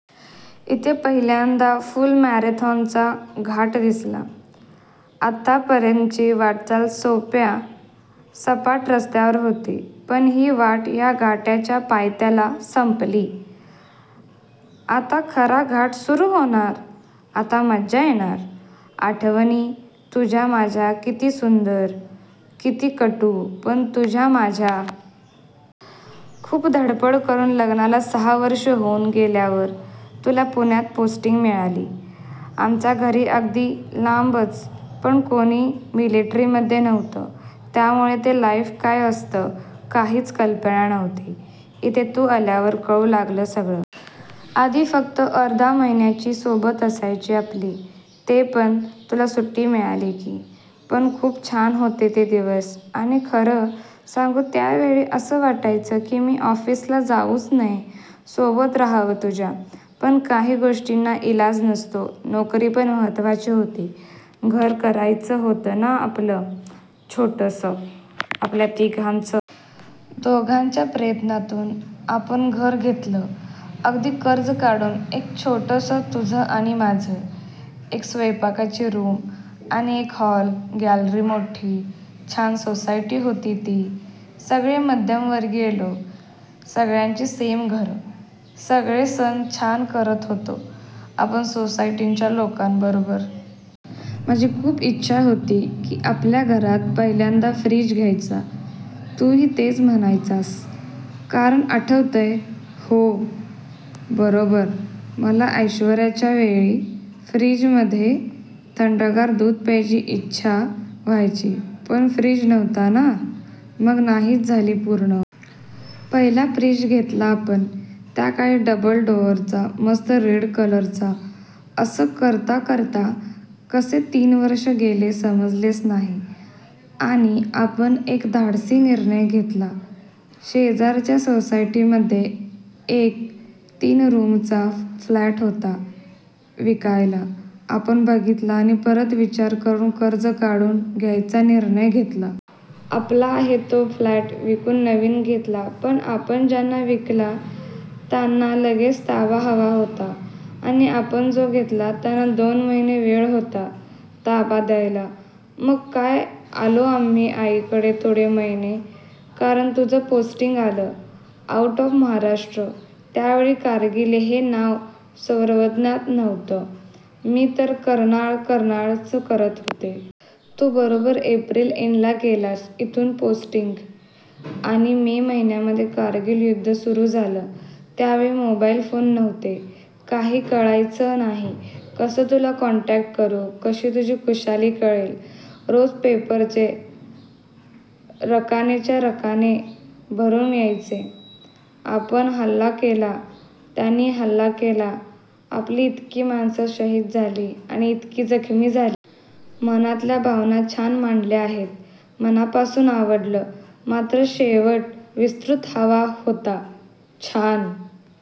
इथे पहिल्यांदा फुल मॅरेथॉनचा घाट दिसला. आत्तापर्यंतची वाटचाल सोप्या सपाट रस्त्यावर होती. पण ही वाट ह्या घाटाच्या पायथ्याला संपली! आता खरा घाट सुरू होणार! आता मजा येणार! आठवणी तुझ्या माझ्या किती सुंदर, किती कटू, पण तुझ्या माझ्या. खूप धडपड करून लग्नाला सहा वर्षं होऊन गेल्यावर तुला पुण्यात पोस्टिंग मिळाली. आमच्या घरी अगदी लांबचं पण कोणी मिलिटरीमध्ये नव्हतं, त्यामुळे ते लाइफ काय असतं, काहीच कल्पना नव्हती. इथे तू आल्यावर कळू लागलं सगळं. आधी फक्त अर्धा महिन्याची सोबत असायची आपली, तेपण तुला सुट्टी मिळाली की. पण खूप छान होते ते दिवस. आणि खरं सांगू त्यावेळी असं वाटायचं की मी ऑफिसला जाऊच नये, सोबत राहावं तुझ्या. पण काही गोष्टींना इलाज नसतो, नोकरी पण महत्त्वाची होती, घर करायचं होतं ना आपलं, छोटंसं, आपल्या तिघांचं. दोघांच्या प्रयत्नातून आपण घर घेतलं, अगदी कर्ज काढून. एक छोटंसं तुझं आणि माझं, एक स्वयंपाकाची रूम आणि एक हॉल, गॅलरी मोठी. छान सोसायटी होती ती, सगळे मध्यमवर्गीय लोक, सगळ्यांची सेम घरं. सगळे सण छान करत होतो आपण सोसायटीच्या लोकांबरोबर. माझी खूप इच्छा होती की आपल्या घरात पहिल्यांदा फ्रिज घ्यायचा, तूही तेच म्हणायचास, कारण आठवतेय, हो बरोबर, मला ऐश्वर्याच्या वेळी, फ्रिजमधले थंडगार दूध प्यायची इच्छा व्हायची पण फ्रिज नव्हता ना, मग नाहीच झाली पूर्ण. पहिला फ्रिज घेतला आपण, त्या काळी डबल डोअरचा, मस्त रेड कलरचा. असं करता करता कसे तीन वर्षं गेले समजलेच नाही. आणि आपण एक धाडसी निर्णय घेतला. शेजारच्या सोसायटीमध्ये एक, तीन रूमचा फ्लॅट होता विकायला, आपण बघितला, आणि परत विचार करून कर्ज काढून घ्यायचा निर्णय घेतला. आपला आहे तो फ्लॅट विकून नवीन घेतला, पण आपण ज्यांना विकला त्यांना लगेच ताबा हवा होता, आणि आपण जो घेतला त्यांना दोन महिने वेळ होता, ताबा द्यायला, मग काय आलो आम्ही आईकडे थोडे महिने, कारण तुझं पोस्टिंग आलं, आऊट ऑफ महाराष्ट्र, त्यावेळी कारगिल हे नाव सर्वज्ञात नव्हतं, मी तर कर्नाळ कर्नाळ च करत होते. तू बरोबर एप्रिल एंडला गेलास इथून पोस्टिंग आणि मे महिन्यामध्ये कारगिल युद्ध सुरू झालं. त्यावेळी मोबाईल फोन नव्हते, काही कळायचं नाही कसं तुला कॉन्टॅक्ट करू, कशी तुझी खुशाली कळेल, रोज पेपरचे रकानेच्या रकाने भरून यायचे, आपण हल्ला केला, त्यांनी हल्ला केला, आपली इतकी माणसं शहीद झाली आणि इतकी जखमी झाली. मनातल्या भावना छान मांडल्या आहेत. मनापासून आवडलं, मात्र शेवट थोडा विस्तृत हवा होता, छान